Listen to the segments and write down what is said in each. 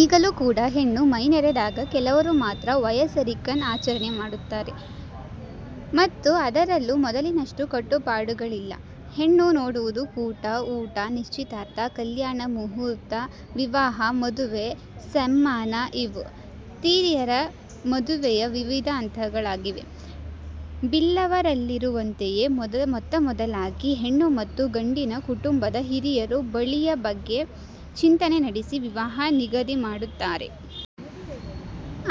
ಈಗಲೂ ಕೂಡ ಹೆಣ್ಣು ಮೈನೆರೆದಾಗ ಕೆಲವರು ಮಾತ್ರ ವಯಸರಿಕ್ಕ ನ್ ಆಚರಣೆ ಮಾಡುತ್ತಿದ್ದಾರೆ ಮತ್ತು ಅದರಲ್ಲೂ ಮೊದಲಿನಷ್ಟು ಕಟ್ಟುಪಾಡುಗಳಿಲ್ಲ. ಹೆಣ್ಣು ನೋಡುವುದು, ಕೂಟ ಊಟ, ನಿಶ್ಚಿತಾರ್ಥ, ಕಲ್ಯಾಣ ಮುಹೂರ್ತ, ವಿವಾಹ, ಮದುವೆ ಸಮ್ಮಾನ ಇವು ತೀಯರ ಮದುವೆಯ ವಿವಿಧ ಹಂತಗಳಾಗಿವೆ. ಬಿಲ್ಲವರಲ್ಲಿರುವಂತೆಯೇ ಮೊತ್ತಮೊದಲಾಗಿ ಹೆಣ್ಣು ಮತ್ತು ಗಂಡಿನ ಕುಟುಂಬದ ಹಿರಿಯರು ಬಳಿಯ ಬಗ್ಗೆ ಚಿಂತನೆ ನಡೆಸಿ, ವಿವಾಹ ನಿಗದಿಮಾಡುತ್ತಾರೆ.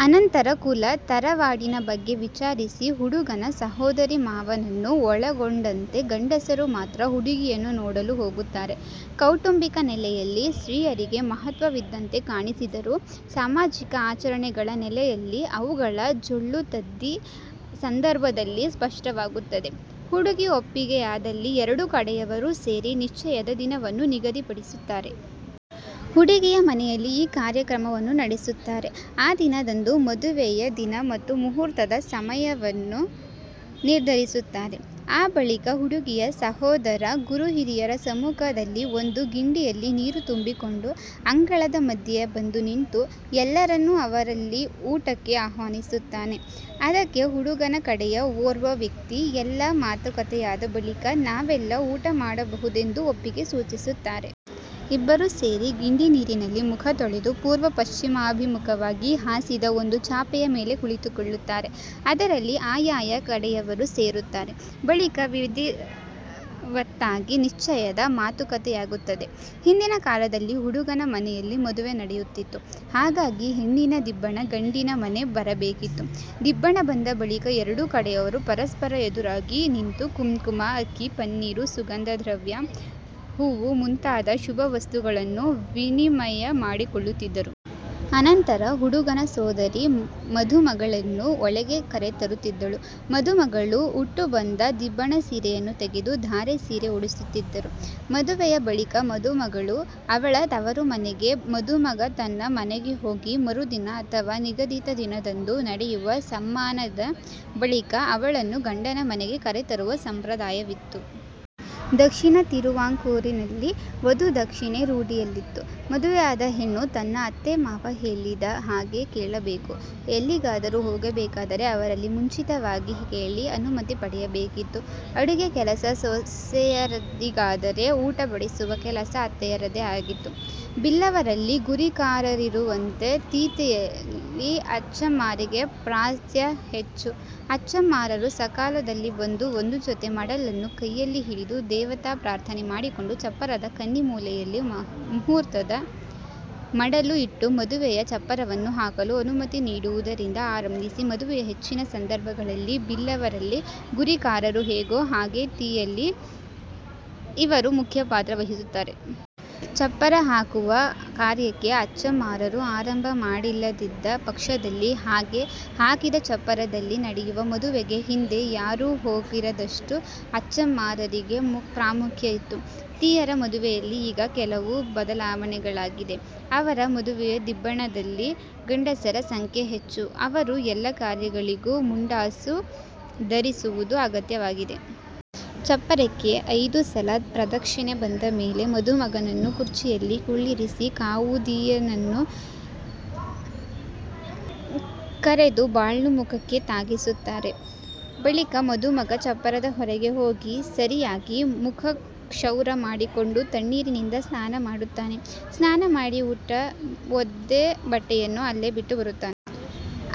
ಅನಂತರ ಕುಲ, ತರವಾಡಿನ ಬಗ್ಗೆ ವಿಚಾರಿಸಿ, ಹುಡುಗನ ಸೋದರಮಾವನನ್ನು ಒಳಗೊಂಡಂತೆ ಗಂಡಸರು ಮಾತ್ರ ಹುಡುಗಿಯನ್ನು ನೋಡಲು ಹೋಗುತ್ತಾರೆ. ಕೌಟುಂಬಿಕ ನೆಲೆಯಲ್ಲಿ ಸ್ತ್ರೀಯರಿಗೆ ಮಹತ್ವವಿದ್ದಂತೆ ಕಾಣಿಸಿದರೂ ಸಾಮಾಜಿಕ ಆಚರಣೆಗಳ ನೆಲೆಯಲ್ಲಿ ಅವುಗಳ ಜೊಳ್ಳುತದ್ದೀ ಸಂದರ್ಭದಲ್ಲಿ ಸ್ಪಷ್ಟವಾಗುತ್ತದೆ. ಹುಡುಗಿ ಒಪ್ಪಿಗೆಯಾದಲ್ಲಿ ಎರಡು ಕಡೆಯವರೂ ಸೇರಿ ನಿಶ್ಚಯದ ದಿನವನ್ನು ನಿಗದಿಪಡಿಸುತ್ತಾರೆ. ಹುಡುಗಿಯ ಮನೆಯಲ್ಲಿ ಈ ಕಾರ್ಯಕ್ರಮವನ್ನು ನಡೆಸುತ್ತಾರೆ. ಆ ದಿನದಂದು ಮದುವೆಯ ದಿನ ಮತ್ತು ಮುಹೂರ್ತದ ಸಮಯವನ್ನು ನಿರ್ಧರಿಸುತ್ತಾರೆ. ಆ ಬಳಿಕ ಹುಡುಗಿಯ ಸಹೋದರ ಗುರುಹಿರಿಯರ ಸಮ್ಮುಖದಲ್ಲಿ ಒಂದು ಗಿಂಡಿಯಲ್ಲಿ ನೀರು ತುಂಬಿಕೊಂಡು, ಅಂಗಳದ ಮಧ್ಯೆ ಬಂದು ನಿಂತು ಎಲ್ಲರನ್ನೂ ಅವರಲ್ಲಿ ಊಟಕ್ಕೆ ಆಹ್ವಾನಿಸುತ್ತಾನೆ. ಅದಕ್ಕೆ ಹುಡುಗನ ಕಡೆಯ ಓರ್ವ ವ್ಯಕ್ತಿ ಎಲ್ಲ ಮಾತುಕತೆಯಾದ ಬಳಿಕ ನಾವೆಲ್ಲ ಊಟ ಮಾಡಬಹುದೆಂದು ಒಪ್ಪಿಗೆ ಸೂಚಿಸುತ್ತಾರೆ. ಇಬ್ಬರೂ ಸೇರಿ ಗಿಂಡಿ ನೀರಿನಲ್ಲಿ ಮುಖ ತೊಳೆದು ಪೂರ್ವ-ಪಶ್ಚಿಮಾಭಿಮುಖವಾಗಿ ಹಾಸಿದ ಒಂದು ಚಾಪೆಯ ಮೇಲೆ ಕುಳಿತುಕೊಳ್ಳುತ್ತಾರೆ. ಅದರಲ್ಲಿ ಆಯಾಯ ಕಡೆಯವರು ಸೇರುತ್ತಾರೆ. ಬಳಿಕ ವಿಧಿವತ್ತಾಗಿ ನಿಶ್ಚಯದ ಮಾತುಕತೆಯಾಗುತ್ತದೆ. ಹಿಂದಿನ ಕಾಲದಲ್ಲಿ ಹುಡುಗನ ಮನೆಯಲ್ಲಿ ಮದುವೆ ನಡೆಯುತ್ತಿತ್ತು. ಹಾಗಾಗಿ ಹೆಣ್ಣಿನ ದಿಬ್ಬಣ ಗಂಡಿನ ಮನೆಗೆ ಬರಬೇಕಿತ್ತು. ದಿಬ್ಬಣ ಬಂದ ಬಳಿಕ ಎರಡೂ ಕಡೆಯವರು ಪರಸ್ಪರ ಎದುರಾಗಿ ನಿಂತು ಕುಂಕುಮ, ಅಕ್ಕಿ, ಪನ್ನೀರು, ಸುಗಂಧದ್ರವ್ಯ, ಹೂವು ಮುಂತಾದ ಶುಭವಸ್ತುಗಳನ್ನು ವಿನಿಮಯ ಮಾಡಿಕೊಳ್ಳುತ್ತಿದ್ದರು. ಅನಂತರ ಹುಡುಗನ ಸೋದರಿ ಮದುಮಗಳನ್ನು ಒಳಗೆ ಕರೆತರುತ್ತಿದ್ದಳು. ಮದುಮಗಳು ಉಟ್ಟುಬಂದ ದಿಬ್ಬಣ ಸೀರೆಯನ್ನು ತೆಗೆದು ಧಾರೆ ಸೀರೆ ಉಡಿಸುತ್ತಿದ್ದರು. ಮದುವೆಯ ಬಳಿಕ ಮದುಮಗಳು ಅವಳ ತವರುಮನೆಗೆ ಮದುಮಗ ತನ್ನ ಮನೆಗೆ ಹೋಗಿ ಮರುದಿನ ಅಥವಾ ನಿಗದಿತ ದಿನದಂದು ನಡೆಯುವ ಸಮ್ಮಾನದ ಬಳಿಕ ಅವಳನ್ನು ಗಂಡನ ಮನೆಗೆ ಕರೆತರುವ ಸಂಪ್ರದಾಯವಿತ್ತು. ದಕ್ಷಿಣ ತಿರುವಾಂಕೂರಿನಲ್ಲಿ ವಧುದಕ್ಷಿಣೆ ರೂಢಿಯಲ್ಲಿತ್ತು. ಮದುವೆಯಾದ ಹೆಣ್ಣು ತನ್ನ ಅತ್ತೆ-ಮಾವ ಹೇಳಿದ ಹಾಗೆ ಕೇಳಬೇಕು. ಎಲ್ಲಿಗಾದರೂ ಹೋಗಬೇಕಾದರೆ ಅವರಲ್ಲಿ ಮುಂಚಿತವಾಗಿ ಕೇಳಿ ಅನುಮತಿ ಪಡೆಯಬೇಕಿತ್ತು. ಅಡುಗೆ ಕೆಲಸ ಸೊಸೆಯರಿಗಾದರೆ ಊಟ ಬಡಿಸುವ ಕೆಲಸ ಅತ್ತಯರದೇ ಆಗಿತ್ತು. ಬಿಲ್ಲವರಲ್ಲಿ ಗುರಿಕಾರರಿರುವಂತೆ, ತೀಯರಲ್ಲಿ ಅಚ್ಚಮ್ಮಾರಿಗೆ ಪ್ರಾಸ್ತ್ಯ ಹೆಚ್ಚು. ಅಚ್ಚಮ್ಮಾರರು ಸಕಾಲದಲ್ಲಿ ಬಂದು, ಒಂದು ಜೊತೆ ಮಡಲನ್ನು ಕೈಯಲ್ಲಿ ಹಿಡಿದು ದೇವತಾ ಪ್ರಾರ್ಥನೆ ಮಾಡಿಕೊಂಡು ಚಪ್ಪರದ ಕನ್ನಿಮೂಲೆ ಯಲ್ಲಿ ಮಹೂರ್ತದ ಮಡಲು ಇಟ್ಟು ಮದುವೆಯ ಚಪ್ಪರವನ್ನು ಹಾಕಲು ಅನುಮತಿ ನೀಡುವುದರಿಂದ ಆರಂಭಿಸಿ, ಮದುವೆಯ ಹೆಚ್ಚಿನ ಸಂದರ್ಭಗಳಲ್ಲಿ ಬಿಲ್ಲವರಲ್ಲಿ ಗುರಿಕಾರರು ಹೇಗೋ ಹಾಗೇ ತೀಯರಲ್ಲಿ ಇವರು ಮುಖ್ಯ ಪಾತ್ರವಹಿಸುತ್ತಾರೆ. ಚಪ್ಪರ ಹಾಕುವ ಕಾರ್ಯಕ್ಕೆ ಅಚ್ಚಮ್ಮಾರರು ಆರಂಭ ಮಾಡಿಲ್ಲದಿದ್ದ ಪಕ್ಷದಲ್ಲಿ ಹಾಗೆ ಹಾಕಿದ ಚಪ್ಪರದಲ್ಲಿ ನಡೆಯುವ ಮದುವೆಗೆ ಹಿಂದೆ ಯಾರೂ ಹೋಗದಿರುವಷ್ಟು ಅಚ್ಚಮ್ಮಾರರಿಗೆ ಪ್ರಾಮುಖ್ಯ ಇತ್ತು. ತೀಯರ ಮದುವೆಯಲ್ಲಿ ಈಗ ಕೆಲವು ಬದಲಾವಣೆಗಳಾಗಿದೆ. ಅವರ ಮದುವೆಯ ದಿಬ್ಬಣದಲ್ಲಿ ಗಂಡಸರ ಸಂಖ್ಯೆ ಹೆಚ್ಚು. ಅವರು ಎಲ್ಲ ಕಾರ್ಯಗಳಿಗೂ ಮುಂಡಾಸು ಧರಿಸುವುದು ಅಗತ್ಯವಾಗಿದೆ. ಚಪ್ಪರಕ್ಕೆ ಐದು ಸಲ ಪ್ರದಕ್ಷಿಣೆ ಬಂದ ಮೇಲೆ ಮದುಮಗನನ್ನು ಕುರ್ಚಿಯಲ್ಲಿ ಕುಳ್ಳಿರಿಸಿ ಕಾವುದೀಯನ್ನನ್ನು ಕರೆದು ಬಾಳ್ನ್ನು ಮುಖಕ್ಕೆ ತಾಗಿಸುತ್ತಾರೆ. ಬಳಿಕ ಮದುಮಗ ಚಪ್ಪರದ ಹೊರಗೆ ಹೋಗಿ ಸರಿಯಾಗಿ ಮುಖಕ್ಷೌರ ಮಾಡಿಕೊಂಡು ತಣ್ಣೀರಿನಿಂದ ಸ್ನಾನ ಮಾಡುತ್ತಾನೆ. ಸ್ನಾನ ಮಾಡಿ ಉಟ್ಟ ಒದ್ದೆ ಬಟ್ಟೆಯನ್ನು ಅಲ್ಲೇ ಬಿಟ್ಟು ಬರುತ್ತಾನೆ.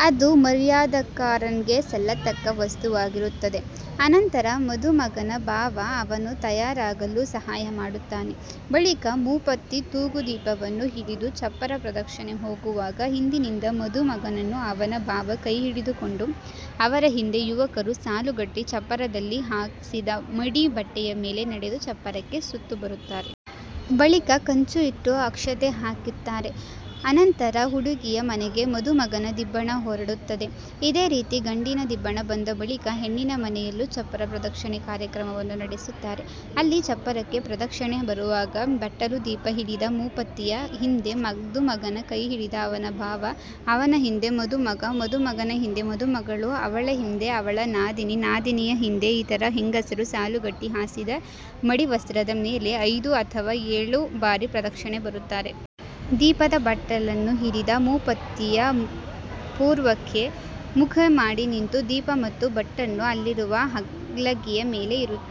ಅದು ಮರ್ಯಾದಕ್ಕಾರನ್ಗೆ ಸಲ್ಲ ತಕ್ಕ ವಸ್ತುವಾಗಿರುತ್ತದೆ. ಅನಂತರ ಮದುಮಗನ ಭಾವ ಅವನು ತಯಾರಾಗಲು ಸಹಾಯ ಮಾಡುತ್ತಾನೆ. ಬಳಿಕ ಮೂಪತ್ತಿ ತೂಗುದೀಪವನ್ನು ಹಿಡಿದು ಚಪ್ಪರ ಪ್ರದಕ್ಷಿಣೆ ಹೋಗುವಾಗ ಹಿಂದಿನಿಂದ ಮದುಮಗನನ್ನು ಅವನ ಭಾವ ಕೈಹಿಡಿದುಕೊಂಡು, ಅವರ ಹಿಂದೆ ಯುವಕರು ಸಾಲುಗಟ್ಟಿ ಚಪ್ಪರದಲ್ಲಿ ಹಾಸಿದ ಮಡಿ ಬಟ್ಟೆಯ ಮೇಲೆ ನಡೆದು ಚಪ್ಪರಕ್ಕೆ ಸುತ್ತು ಬರುತ್ತಾರೆ. ಬಳಿಕ ಕಂಚು ಇಟ್ಟು ಅಕ್ಷತೆ ಹಾಕುತ್ತಾರೆ. ಅನಂತರ ಹುಡುಗಿಯ ಮನೆಗೆ ಮದುಮಗನ ದಿಬ್ಬಣ ಹೊರಡುತ್ತದೆ. ಇದೇ ರೀತಿ ಗಂಡಿನ ದಿಬ್ಬಣ ಬಂದ-ಬಳಿಕ ಹೆಣ್ಣಿನ ಮನೆಯಲ್ಲೂ ಚಪ್ಪರ ಪ್ರದಕ್ಷಿಣೆ ಕಾರ್ಯಕ್ರಮವನ್ನು ನಡೆಸುತ್ತಾರೆ. ಅಲ್ಲಿ ಚಪ್ಪರಕ್ಕೆ ಪ್ರದಕ್ಷಿಣೆ ಬರುವಾಗ ಬಟ್ಟಲು ದೀಪ ಹಿಡಿದ ಮೂಪತ್ತಿಯ ಹಿಂದೆ ಮದುಮಗನ ಕೈ ಹಿಡಿದ ಅವನ ಭಾವ, ಅವನ ಹಿಂದೆ ಮದುಮಗ, ಮದುಮಗನ ಹಿಂದೆ ಮದುಮಗಳು, ಅವಳ ಹಿಂದೆ ಅವಳ ನಾದಿನಿ, ನಾದಿನಿಯ ಹಿಂದೆ ಇತರ ಹೆಂಗಸರು ಸಾಲುಗಟ್ಟಿ ಹಾಸಿದ ಮಡಿವಸ್ತ್ರದ ಮೇಲೆ ಐದು ಅಥವಾ ಏಳು ಬಾರಿ ಪ್ರದಕ್ಷಿಣೆ ಬರುತ್ತಾರೆ. ದೀಪದ ಬಟ್ಟಲನ್ನು ಹಿಡಿದ ಮೂಪತ್ತಿಯು ಪೂರ್ವಕ್ಕೆ ಮುಖ ಮಾಡಿ ನಿಂತು, ದೀಪ ಮತ್ತು ಬಟ್ಟನ್ನು ಅಲ್ಲಿರುವ ಹಲಗೆಯ ಮೇಲೆ ಇರುತ್ತಾಳೆ.